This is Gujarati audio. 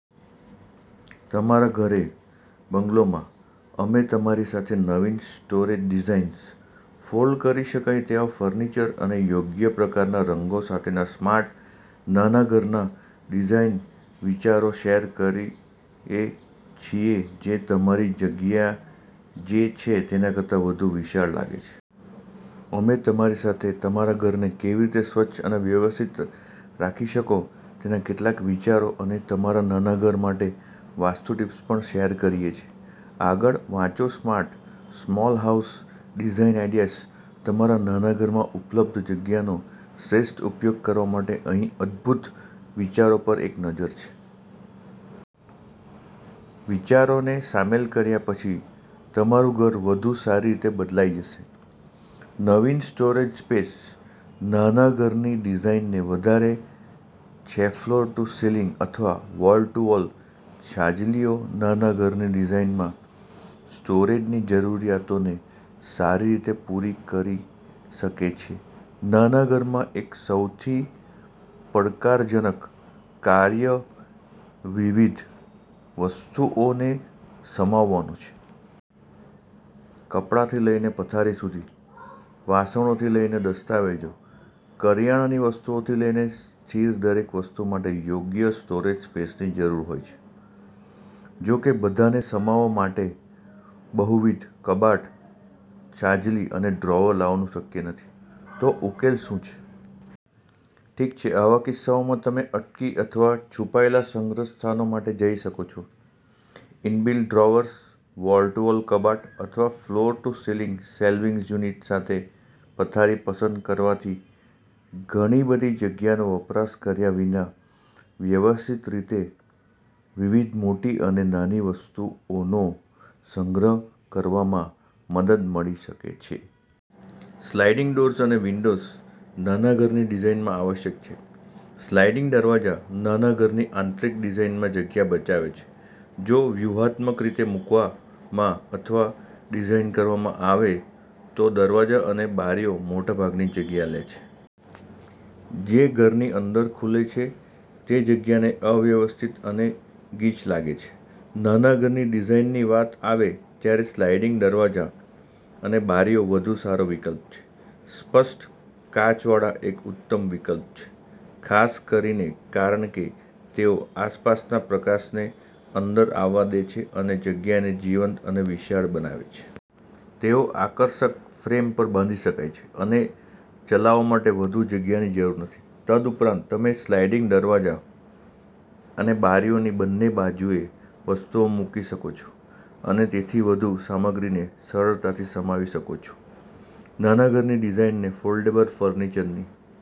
તમારા ઘરે. બ્લોગમાં, અમે તમારી સાથે નવીન સ્ટોરેજ ડિઝાઇન્સ, ફોલ્ડ કરી શકાય તેવા ફર્નિચર અને યોગ્ય પ્રકારના રંગો સાથેના સ્માર્ટ નાના ઘરના ડિઝાઇન વિચારો શેર કરીએ છીએ જે તમારી જગ્યા જે છે તેના કરતા વધુ વિશાળ લાગે છે. અમે તમારી સાથે તમારા ઘરને કેવી રીતે સ્વચ્છ અને વ્યવસ્થિત રાખી શકો તેના કેટલાક વિચારો અને તમારા નાના ઘર માટે વાસ્તુ ટિપ્સ પણ શેર કરીએ છીએ. આગળ વાંચોસ્માર્ટ સ્મોલ હાઉસ ડિઝાઇન આઇડિયાઝ તમારા નાના ઘરમાં ઉપલબ્ધ જગ્યાનો શ્રેષ્ઠ ઉપયોગ કરવા માટે અહીં અદ્ભુત વિચારો પર એક નજર છે. વિચારોને સામેલ કર્યા પછી તમારું ઘર વધુ સારી રીતે બદલાઈ જશે. નવીન સ્ટોરેજ સ્પેસ નાના ઘરની ડિઝાઇનને વધારે છેફ્લોર ટુ સીલિંગ અથવા વોલ ટુ વોલ છાજલીઓ નાના ઘરની ડિઝાઇનમાં સ્ટોરેજની જરૂરિયાતોને સારી રીતે પૂરી કરી શકે છે નાના ઘરમાં એક સૌથી પડકારજનક કાર્યવિવિધ વસ્તુઓને સમાવવાનું છે. કપડાંથી લઈને પથારી સુધી, વાસણોથી લઈને દસ્તાવેજો, કરિયાણાની વસ્તુઓથી લઈને સ્થિરદરેક વસ્તુ માટે યોગ્ય સ્ટોરેજ સ્પેસની જરૂર હોય છે. જો કે, બધાને સમાવવા માટે બહુવિધ કબાટ, છાજલી અને ડ્રોઅર લાવવાનું શક્ય નથી. તો, ઉકેલ શું છે? ઠીક છે, આવા કિસ્સાઓમાં, તમે અટકી અથવા છુપાયેલા સંગ્રહ સ્થાનો માટે જઈ શકો છો. Inbuilt drawers, wall to wall કબાટ અથવા floor to ceiling shelving unit સાથે પથારી પસંદ કરવાથી ઘણી બધી જગ્યાનો વપરાશ કર્યા વિના વ્યવસ્થિત રીતે વિવિધ મોટી અને નાની વસ્તુઓનો સંગ્રહ કરવામાં મદદ મળી શકે છે. સ્લાઇડિંગ ડોર્સ અને વિન્ડોઝ નાના ઘરની ડિઝાઇનમાં આવશ્યક છે સ્લાઇડિંગ દરવાજા નાના ઘરની આંતરિક ડિઝાઇનમાં જગ્યા બચાવે છે જો વ્યૂહાત્મક રીતે મૂકવામાં અથવા ડિઝાઇનકરવામાં આવે તો દરવાજા અને બારીઓ મોટાભાગની જગ્યા લે છે. જે ઘરની અંદર ખુલે છે તે જગ્યાને અવ્યવસ્થિત અને ગીચ લાગે છે. નાના ઘરની ડિઝાઇનની વાત આવે ત્યારે સ્લાઇડિંગ દરવાજા અને બારીઓ વધુ સારો વિકલ્પ છે. સ્પષ્ટ કાચવાળા એક ઉત્તમ વિકલ્પ છે, ખાસ કરીને કારણ કે તેઓ આસપાસના પ્રકાશને અંદર આવવા દે છે અને જગ્યાને જીવંત અને વિશાળ બનાવે છે. તેઓ આકર્ષક ફ્રેમ્સ પર બાંધી શકાય છે અને ચલાવવા માટે વધુ જગ્યાની જરૂર નથી. તદુપરાંત, તમે સ્લાઇડિંગ દરવાજા અને બારીઓની બંને બાજુએ વસ્તુઓ મૂકી શકો છો અને તેથી વધુ સામગ્રીને સરળતાથી સમાવી શકો છો. નાના ઘરની ડિઝાઇનને ફોલ્ડેબલ ફર્નિચરની